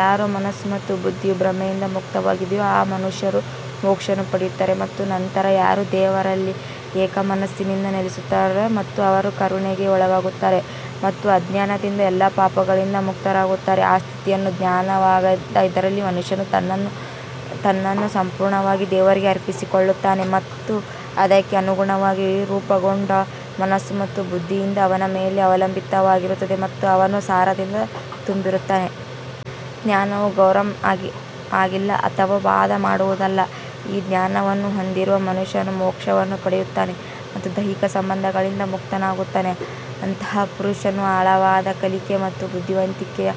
ಯಾರ ಮನಸ್ಸು ಮತ್ತು ಬುದ್ಧಿಯು ಭ್ರಮೆಯಿಂದ ಮುಕ್ತವಾಗಿದೆಯೋ ಆ ಮನುಷ್ಯರು ಮೋಕ್ಷವನ್ನು ಪಡೆಯುತ್ತಾರೆ ಮತ್ತು ನಂತರ ಯಾರು ದೇವರಲ್ಲಿ ಏಕಮನಸ್ಸಿನಿಂದ ನೆಲೆಸುತ್ತಾರೆ ಮತ್ತು ಅವರ ಕರುಣೆಗೆ ಒಳಗಾಗುತ್ತಾರೆ ಮತ್ತು ಜ್ಞಾನದಿಂದ ಎಲ್ಲಾ ಪಾಪಗಳಿಂದ ಮುಕ್ತರಾಗುತ್ತಾರೆ. ಆ ಸ್ಥಿತಿಯು ಜ್ಞಾನವಾಗಿದ್ದು ಇದರಲ್ಲಿ ಮನುಷ್ಯನು ತನ್ನನ್ನು ಸಂಪೂರ್ಣವಾಗಿ ದೇವರಿಗೆ ಸಮರ್ಪಿಸಿಕೊಳ್ಳುತ್ತಾನೆ ಮತ್ತು ಅದಕ್ಕೆ ಅನುಗುಣವಾಗಿ ರೂಪುಗೊಂಡ ಮನಸ್ಸು ಮತ್ತು ಬುದ್ಧಿಯಿಂದ ಅವನ ಮೇಲೆ ಅವಲಂಬಿತನಾಗಿರುತ್ತಾನೆ ಮತ್ತು ಅವನ ಸಾರದಿಂದ ತುಂಬಿರುತ್ತಾನೆ. ಜ್ಞಾನವು ಗರಂ ಆಗಿಲ್ಲ ಅಥವಾ ವಾದ ಮಾಡುವುದಲ್ಲ. ಈ ಜ್ಞಾನವನ್ನು ಹೊಂದಿರುವ ಮನುಷ್ಯನು ಮೋಕ್ಷವನ್ನು ಪಡೆಯುತ್ತಾನೆ ಮತ್ತು ದೈಹಿಕ ಸಂಬಂಧಗಳಿಂದ ಮುಕ್ತನಾಗುತ್ತಾನೆ. ಅಂತಹ ಪುರುಷರನ್ನು ಆಳವಾದ ಕಲಿಕೆ ಮತ್ತು ಬುದ್ಧಿವಂತಿಕೆಯ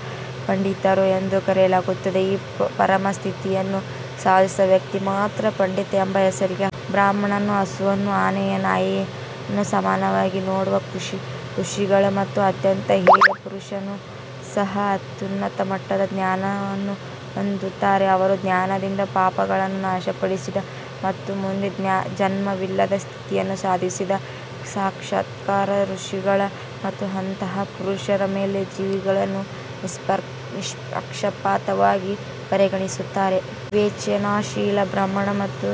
ಪಂಡಿತರು ಎಂದು ಕರೆಯಲಾಗುತ್ತದೆ. ಈ ಪರಮ ಸ್ಥಿತಿಯನ್ನು ಸಾಧಿಸಿದ ವ್ಯಕ್ತಿ ಮಾತ್ರ ಪಂಡಿತ ಎಂಬ ಹೆಸರಿಗೆ ಅರ್ಹ. ಬ್ರಾಹ್ಮಣನನ್ನು ಹಸುವನ್ನು ಆನೆಯನ್ನು ನಾಯಿಯನ್ನು ಸಮಾನವಾಗಿ ನೋಡುವ ಋಷಿಗಳು ಮತ್ತು ಅತ್ಯಂತ ಹೇಯ ಪುರುಷರನ್ನೂ ಸಹ ಅತ್ಯುನ್ನತ ಮಟ್ಟದ ಜ್ಞಾನವನ್ನು ಹೊಂದುತ್ತಾರೆ. ಅವರು ಜ್ಞಾನದಿಂದ ಪಾಪಗಳನ್ನು ನಾಶಪಡಿಸಿದ ಮತ್ತು ಮುಂದೆ ಜನ್ಮವಿಲ್ಲದ ಸ್ಥಿತಿಯನ್ನು ಸಾಧಿಸಿದ ಸಾಕ್ಷಾತ್ಕಾರ ಋಷಿಗಳು. ಮತ್ತು ಅಂತಹ ಪುರುಷರು ಎಲ್ಲಾ ಜೀವಿಗಳನ್ನು ನಿಷ್ಪಕ್ಷಪಾತವಾಗಿ ಪರಿಗಣಿಸುತ್ತಾರೆ. ವಿವೇಚನಾಶೀಲ ಬ್ರಾಹ್ಮಣ ಮತ್ತು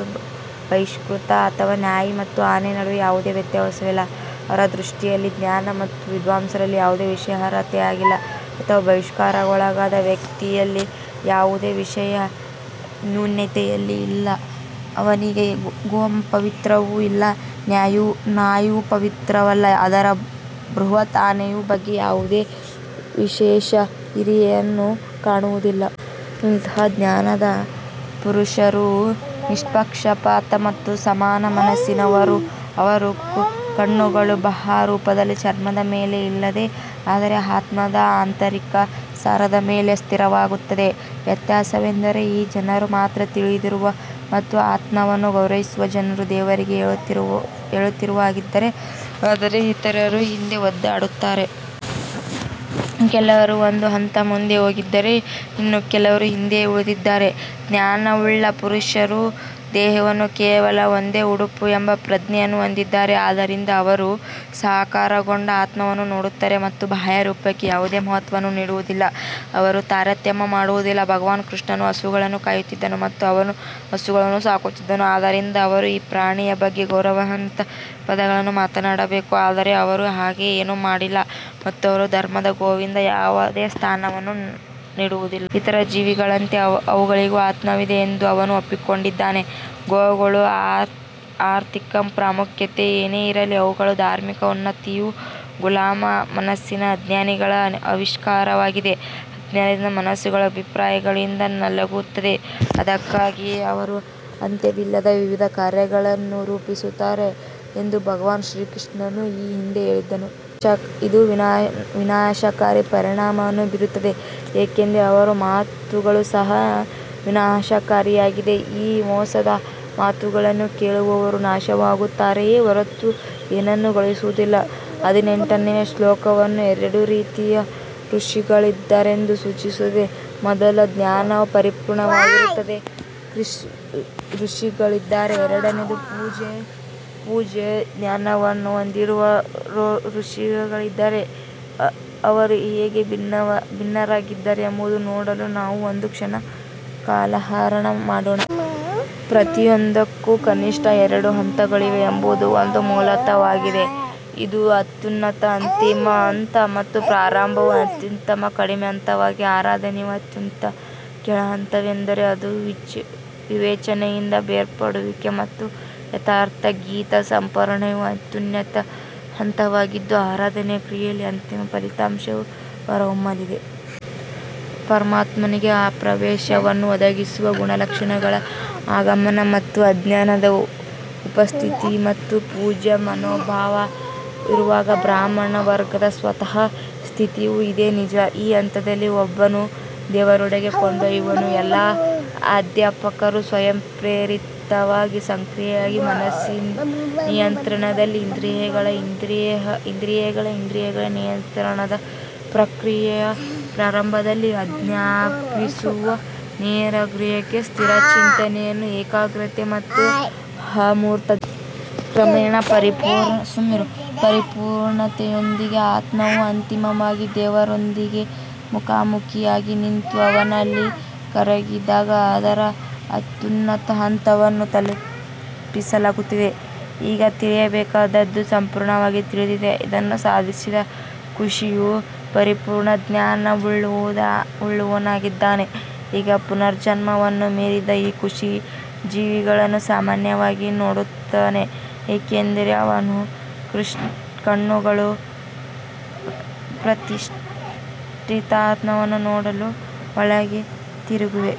ಬಹಿಷ್ಕೃತ ಅಥವಾ ನಾಯಿ ಮತ್ತು ಆನೆಯ ನಡುವೆ ಯಾವುದೇ ವ್ಯತ್ಯಾಸವಿಲ್ಲ. ಅವರ ದೃಷ್ಟಿಯಲ್ಲಿ ಜ್ಞಾನಿ ಮತ್ತು ವಿದ್ವಾಂಸರಲ್ಲಿ ಯಾವುದೇ ವಿಶೇಷ ಅರ್ಹತೆಯಾಗಲೀ ಅಥವಾ ಬಹಿಷ್ಕಾರಕ್ಕೊಳಗಾದ ವ್ಯಕ್ತಿಯಲ್ಲಿ ಯಾವುದೇ ವಿಶೇಷ ನ್ಯೂನತೆಯಾಗಲೀ ಇಲ್ಲ. ಅವನಿಗೆ ಗೋವು ಪವಿತ್ರವೂ ಅಲ್ಲ ನಾಯಿಯೂ ಪವಿತ್ರವಲ್ಲ. ಅವರು ಬೃಹತ್ ಆನೆಯ ಬಗ್ಗೆ ಯಾವುದೇ ವಿಶೇಷ ಹಿರಿಮೆಯನ್ನು ಕಾಣುವುದಿಲ್ಲ. ಅಂತಹ ಜ್ಞಾನದ ಪುರುಷರು ನಿಷ್ಪಕ್ಷಪಾತ ಮತ್ತು ಸಮಾನ ಮನಸ್ಸಿನವರು. ಅವರ ಕಣ್ಣುಗಳು ಬಾಹ್ಯ ರೂಪದಲ್ಲಿ ಚರ್ಮದ ಮೇಲೆ ಅಲ್ಲ ಆದರೆ ಆತ್ಮದ ಆಂತರಿಕ ಸಾರದ ಮೇಲೆ ಸ್ಥಿರವಾಗಿರುತ್ತವೆ. ವ್ಯತ್ಯಾಸವೆಂದರೆ ಈ ಜನರು ಮಾತ್ರ ತಿಳಿದಿರುವ ಮತ್ತು ಆತ್ಮವನ್ನು ಗೌರವಿಸುವ ಜನರು ದೇವರಿಗೆ ಹತ್ತಿರವಾಗಿದ್ದಾರೆ ಆದರೆ ಇತರರು ಹಿಂದೆ ಒದ್ದಾಡುತ್ತಾರೆ. ಕೆಲವರು ಒಂದು ಹಂತ ಮುಂದೆ ಹೋಗಿದ್ದರೆ ಇನ್ನೂ ಕೆಲವರು ಹಿಂದೆಯೇ ಉಳಿದಿದ್ದಾರೆ. ಜ್ಞಾನವುಳ್ಳ ಪುರುಷರು ದೇಹವು ಕೇವಲ ಒಂದು ಉಡುಪು ಎಂಬ ಪ್ರಜ್ಞೆಯನ್ನು ಹೊಂದಿದ್ದಾರೆ. ಆದ್ದರಿಂದ ಅವರು ಸಾಕಾರಗೊಂಡ ಆತ್ಮವನ್ನು ನೋಡುತ್ತಾರೆ ಮತ್ತು ಬಾಹ್ಯ ರೂಪಕ್ಕೆ ಯಾವುದೇ ಮಹತ್ವವನ್ನು ನೀಡುವುದಿಲ್ಲ. ಅವರು ತಾರತಮ್ಯ ಮಾಡುವುದಿಲ್ಲ. ಭಗವಾನ್ ಕೃಷ್ಣನು ಹಸುಗಳನ್ನು ಕಾಯುತ್ತಿದ್ದನು ಮತ್ತು ಅವನು ಹಸುಗಳನ್ನು ಸಾಕುತ್ತಿದ್ದನು ಆದ್ದರಿಂದ ಅವರು ಈ ಪ್ರಾಣಿಯ ಬಗ್ಗೆ ಗೌರವಾನ್ವಿತ ಪದಗಳಲ್ಲಿ ಮಾತನಾಡಬೇಕು ಆದರೆ ಅವರು ಹಾಗೆ ಏನನ್ನೂ ಮಾಡಿಲ್ಲ ಮತ್ತು ಅವರು ಧರ್ಮದಲ್ಲಿ ಗೋವಿಗೆ ಯಾವುದೇ ಸ್ಥಾನವನ್ನು ನೀಡುವುದಿಲ್ಲ. ಇತರ ಜೀವಿಗಳಂತೆ ಅವಳಿಗೂ ಆತ್ಮವಿದೆ ಎಂದು ಅವನು ಒಪ್ಪಿಕೊಂಡಿದ್ದಾನೆ. ಗೋವುಗಳ ಆರ್ಥಿಕ ಪ್ರಾಮುಖ್ಯತೆ ಏನೇ ಇರಲಿ ಅವುಗಳ ಧಾರ್ಮಿಕ ಉನ್ನತಿಯು ಗುಲಾಮ ಮನಸ್ಸಿನ ಅಜ್ಞಾನಿಗಳ ಆವಿಷ್ಕಾರವಾಗಿದೆ. ಅಜ್ಞಾನದ ಮನಸ್ಸುಗಳು ಭಿನ್ನಾಭಿಪ್ರಾಯಗಳಿಂದ ನಲುಗುತ್ತವೆ ಅದಕ್ಕಾಗಿಯೇ ಅವರು ಅಂತ್ಯವಿಲ್ಲದ ವಿವಿಧ ಕಾರ್ಯಗಳನ್ನು ರೂಪಿಸುತ್ತಾರೆ ಎಂದು ಭಗವಾನ್ ಶ್ರೀಕೃಷ್ಣನು ಈ ಹಿಂದೆ ಹೇಳಿದನು. ಇದು ವಿನಾಶಕಾರಿ ಪರಿಣಾಮವನ್ನು ಬೀರುತ್ತದೆ ಏಕೆಂದರೆ ಅವರ ಮಾತುಗಳು ಸಹ ವಿನಾಶಕಾರಿಯಾಗಿದೆ. ಈ ಮೋಸದ ಮಾತುಗಳನ್ನು ಕೇಳುವವರು ನಾಶವಾಗುತ್ತಾರೆಯೇ ಹೊರತು ಏನನ್ನೂ ಗಳಿಸುವುದಿಲ್ಲ. ಹದಿನೆಂಟನೆಯ ಶ್ಲೋಕವು ಎರಡು ರೀತಿಯ ಋಷಿಗಳಿದ್ದಾರೆಂದು ಸೂಚಿಸುತ್ತದೆ. ಮೊದಲು ಜ್ಞಾನವು ಪರಿಪೂರ್ಣವಾಗಿರುವ ಋಷಿಗಳಿದ್ದಾರೆ. ಎರಡನೆಯದಾಗಿ ಪೂಜ್ಯ ಜ್ಞಾನವನ್ನು ಹೊಂದಿರುವ ಋಷಿಗಳಿದ್ದಾರೆ. ಅವರು ಹೇಗೆ ಭಿನ್ನರಾಗಿದ್ದಾರೆ ಎಂಬುದನ್ನು ನೋಡಲು ನಾವು ಒಂದು ಕ್ಷಣ ಕಾಲಹರಣ ಮಾಡೋಣ. ಪ್ರತಿಯೊಂದಕ್ಕೂ ಕನಿಷ್ಠ ಎರಡು ಹಂತಗಳಿವೆ ಎಂಬುದು ಒಂದು ಮೂಲತತ್ವವಾಗಿದೆ ಇದು ಅತ್ಯುನ್ನತ ಅಂತಿಮ ಹಂತ ಮತ್ತು ಪ್ರಾರಂಭವು ಅತ್ಯಂತ ಕಡಿಮೆ ಹಂತವಾಗಿದೆ. ಆರಾಧನೆಯ ಅತ್ಯಂತ ಕೆಳ ಹಂತವೆಂದರೆ ಅದು ವಿವೇಚನೆಯಿಂದ ಬೇರ್ಪಡುವಿಕೆ ಮತ್ತು ಯಥಾರ್ಥ್ ಗೀತಾ ಸಮರ್ಪಣೆಯು ಅತ್ಯುನ್ನತ ಹಂತವಾಗಿದ್ದು ಆರಾಧನೆಯ ಕ್ರಿಯೆಯ ಅಂತಿಮ ಫಲಿತಾಂಶವು ಹೊರಹೊಮ್ಮಲಿದೆ. ಪರಮಾತ್ಮನಿಗೆ ಪ್ರವೇಶವನ್ನು ಒದಗಿಸುವ ಗುಣಲಕ್ಷಣಗಳ ಆಗಮನ ಮತ್ತು ಜ್ಞಾನದ ಉಪಸ್ಥಿತಿ ಮತ್ತು ಪೂಜ್ಯ ಮನೋಭಾವ ಇರುವಾಗ ಬ್ರಾಹ್ಮಣ ವರ್ಗದ ಸತ್ವದ ಸ್ಥಿತಿಯೂ ಇದೇ ನಿಜ. ಈ ಹಂತದಲ್ಲಿ ಒಬ್ಬನನ್ನು ದೇವರೆಡೆಗೆ ಕೊಂಡೊಯ್ಯುವ ಎಲ್ಲಾ ಅಧ್ಯಾಪಕರು ಸ್ವಯಂಪ್ರೇರಿತವಾಗಿ ಸಕ್ರಿಯವಾಗಿ ಮನಸ್ಸಿನ ನಿಯಂತ್ರಣದಲ್ಲಿ ಇಂದ್ರಿಯಗಳ ಇಂದ್ರಿಯಗಳ ನಿಯಂತ್ರಣದ ಪ್ರಕ್ರಿಯೆಯ ಪ್ರಾರಂಭದಲ್ಲಿ ಅಂತಃಪ್ರಜ್ಞೆಯ ನೇರ ಗ್ರಹಿಕೆ ಸ್ಥಿರವಾದ ಚಿಂತನೆಯ ಏಕಾಗ್ರತೆ ಮತ್ತು ಅಮೂರ್ತ ಧ್ಯಾನ. ಕ್ರಮೇಣ ಪರಿಪೂರ್ಣತೆಯೊಂದಿಗೆ ಆತ್ಮವು ಅಂತಿಮವಾಗಿ ದೇವರೊಂದಿಗೆ ಮುಖಾಮುಖಿಯಾಗಿ ನಿಂತು ಅವನಲ್ಲಿ ಕರಗಿದಾಗ ಅದರ ಅತ್ಯುನ್ನತ ಹಂತವನ್ನು ತಲುಪಲಾಗುತ್ತದೆ. ಈಗ ತಿಳಿಯಬೇಕಾದದ್ದು ಸಂಪೂರ್ಣವಾಗಿ ತಿಳಿದಿದೆ. ಇದನ್ನು ಸಾಧಿಸಿದ ಋಷಿಯು ಪರಿಪೂರ್ಣ ಜ್ಞಾನವುಳ್ಳವನಾಗಿದ್ದಾನೆ. ಈಗ ಪುನರ್ಜನ್ಮವನ್ನು ಮೀರಿದ ಈ ಋಷಿ ಜೀವಿಗಳನ್ನು ಸಮಾನವಾಗಿ ನೋಡುತ್ತಾನೆ ಏಕೆಂದರೆ ಅವನ ಕಣ್ಣುಗಳು ಪ್ರತಿಷ್ಠಿತ ಆತ್ಮವನ್ನು ನೋಡಲು ಒಳಗೆ ತಿರುಗಿವೆ.